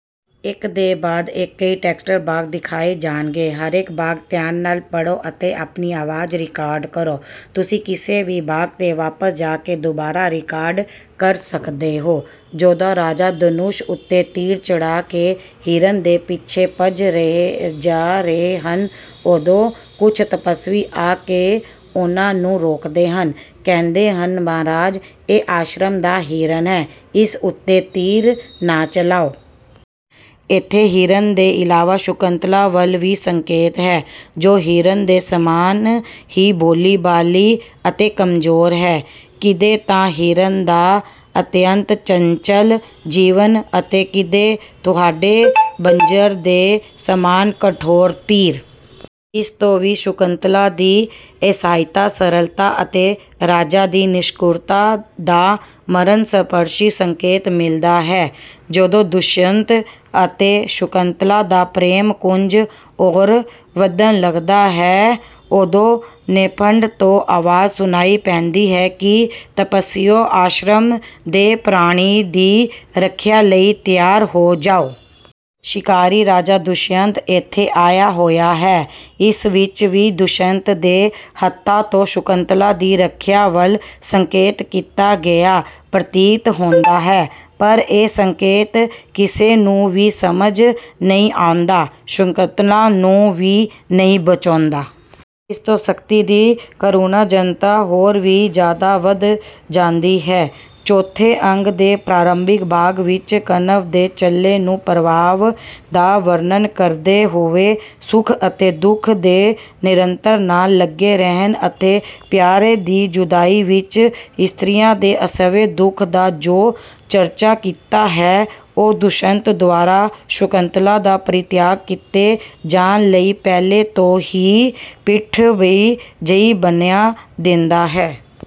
ਜਦੋਂ ਰਾਜਾ ਧਨੁਸ਼ ਉੱਤੇ ਤੀਰ ਚੜ੍ਹਾ ਕੇ ਹਿਰਨ ਦੇ ਪਿੱਛੇ ਭੱਜੇ ਜਾ ਰਹੇ ਹਨ, ਉਦੋਂ ਕੁਝ ਤਪੱਸਵੀ ਆ ਕੇ ਉਨ੍ਹਾਂ ਨੂੰ ਰੋਕਦੇ ਹਨ। ਕਹਿੰਦੇ ਹਨ, “ਮਹਾਰਾਜ! ਇਹ ਆਸ਼ਰਮ ਦਾ ਹਿਰਨ ਹੈ, ਇਸ ਉੱਤੇ ਤੀਰ ਨਾ ਚਲਾਓ।” ਇੱਥੇ ਹਿਰਨ ਦੇ ਇਲਾਵਾ ਸ਼ਕੁੰਤਲਾ ਵੱਲ ਵੀ ਸੰਕੇਤ ਹੈ, ਜੋ ਹਿਰਨ ਦੇ ਸਮਾਨ ਹੀ ਭੋਲੀ-ਭਾਲੀ ਅਤੇ ਕਮਜ਼ੋਰ ਹੈ। “ਕਿੱਥੇ ਤਾਂ ਹਿਰਨਾਂ ਦਾ ਅਤਿਅੰਤ ਚੰਚਲ ਜੀਵਨ ਅਤੇ ਕਿੱਥੇ ਤੁਹਾਡੇ ਵਜਰ ਦੇ ਸਮਾਨ ਕਠੋਰ ਤੀਰ!” ਇਸ ਤੋਂ ਵੀ ਸ਼ਕੁੰਤਲਾ ਦੀ ਅਸਹਾਇਤਾ, ਸਰਲਤਾ ਅਤੇ ਰਾਜਾ ਦੀ ਨਿਸ਼ਠੁਰਤਾ ਦਾ ਮਰਮਸਪਰਸ਼ੀ ਸੰਕੇਤ ਮਿਲਦਾ ਹੈ। ਜਦੋਂ ਦੁਸ਼ਿਅੰਤ ਅਤੇ ਸ਼ਕੁੰਤਲਾ ਦਾ ਪ੍ਰੇਮ ਕੁਝ ਹੋਰ ਵਧਣ ਲੱਗਦਾ ਹੈ, ਉਦੋਂ ਨੇਪਥ ਤੋਂ ਪੁਕਾਰ ਸੁਣਾਈ ਪੈਂਦੀ ਹੈ ਕਿ, “ਤਪੱਸਵੀਓ, ਆਸ਼ਰਮ ਦੇ ਪ੍ਰਾਣੀਆਂ ਦੀ ਰੱਖਿਆ ਲਈ ਤਿਆਰ ਹੋ ਜਾਓ। ਸ਼ਿਕਾਰੀ ਰਾਜਾ ਦੁਸ਼ਿਅੰਤ ਇੱਥੇ ਆਇਆ ਹੋਇਆ ਹੈ।” ਇਸ ਵਿੱਚ ਵੀ ਦੁਸ਼ਿਅੰਤ ਦੇ ਹੱਥਾਂ ਤੋਂ ਸ਼ਕੁੰਤਲਾ ਦੀ ਰੱਖਿਆ ਵੱਲ ਸੰਕੇਤ ਕੀਤਾ ਗਿਆ ਪ੍ਰਤੀਤ ਹੁੰਦਾ ਹੈ, ਪਰ ਇਹ ਸੰਕੇਤ ਕਿਸੇ ਨੂੰ ਵੀ ਸਮਝ ਨਹੀਂ ਆਉਂਦਾ; ਸ਼ਕੁੰਤਲਾ ਨੂੰ ਕੋਈ ਵੀ ਨਹੀਂ ਬਚਾਉਂਦਾ। ਇਸ ਤੋਂ ਸਥਿਤੀ ਦੀ ਕਰੁਣਾਜਨਕਤਾ ਹੋਰ ਵੀ ਜ਼ਿਆਦਾ ਵੱਧ ਜਾਂਦੀ ਹੈ। ਚੌਥੇ ਅੰਕ ਦੇ ਪ੍ਰਾਰੰਭਿਕ ਭਾਗ ਵਿੱਚ ਕਣਵ ਦੇ ਚੇਲੇ ਨੇ ਪ੍ਰਭਾਤ ਦਾ ਵਰਣਨ ਕਰਦੇ ਹੋਏ ਸੁਖ ਅਤੇ ਦੁੱਖ ਦੇ ਨਿਰੰਤਰ ਨਾਲ ਲੱਗੇ ਰਹਿਣ ਅਤੇ ਪਿਆਰੇ ਦੀ ਜੁਦਾਈ ਵਿੱਚ ਇਸਤਰੀਆਂ ਦੇ ਅਸਹਿ ਦੁੱਖ ਦਾ ਜੋ ਚਰਚਾ ਕੀਤਾ ਹੈ, ਉਹ ਦੁਸ਼ਿਅੰਤ ਦੁਆਰਾ ਸ਼ਕੁੰਤਲਾ ਦਾ ਪਰਿਤਿਆਗ ਕੀਤੇ ਜਾਣ ਲਈ ਪਹਿਲਾਂ ਤੋਂ ਹੀ ਪਿੱਠਭੂਮੀ ਜਿਹੀ ਬਣਾ ਦਿੰਦਾ ਹੈ।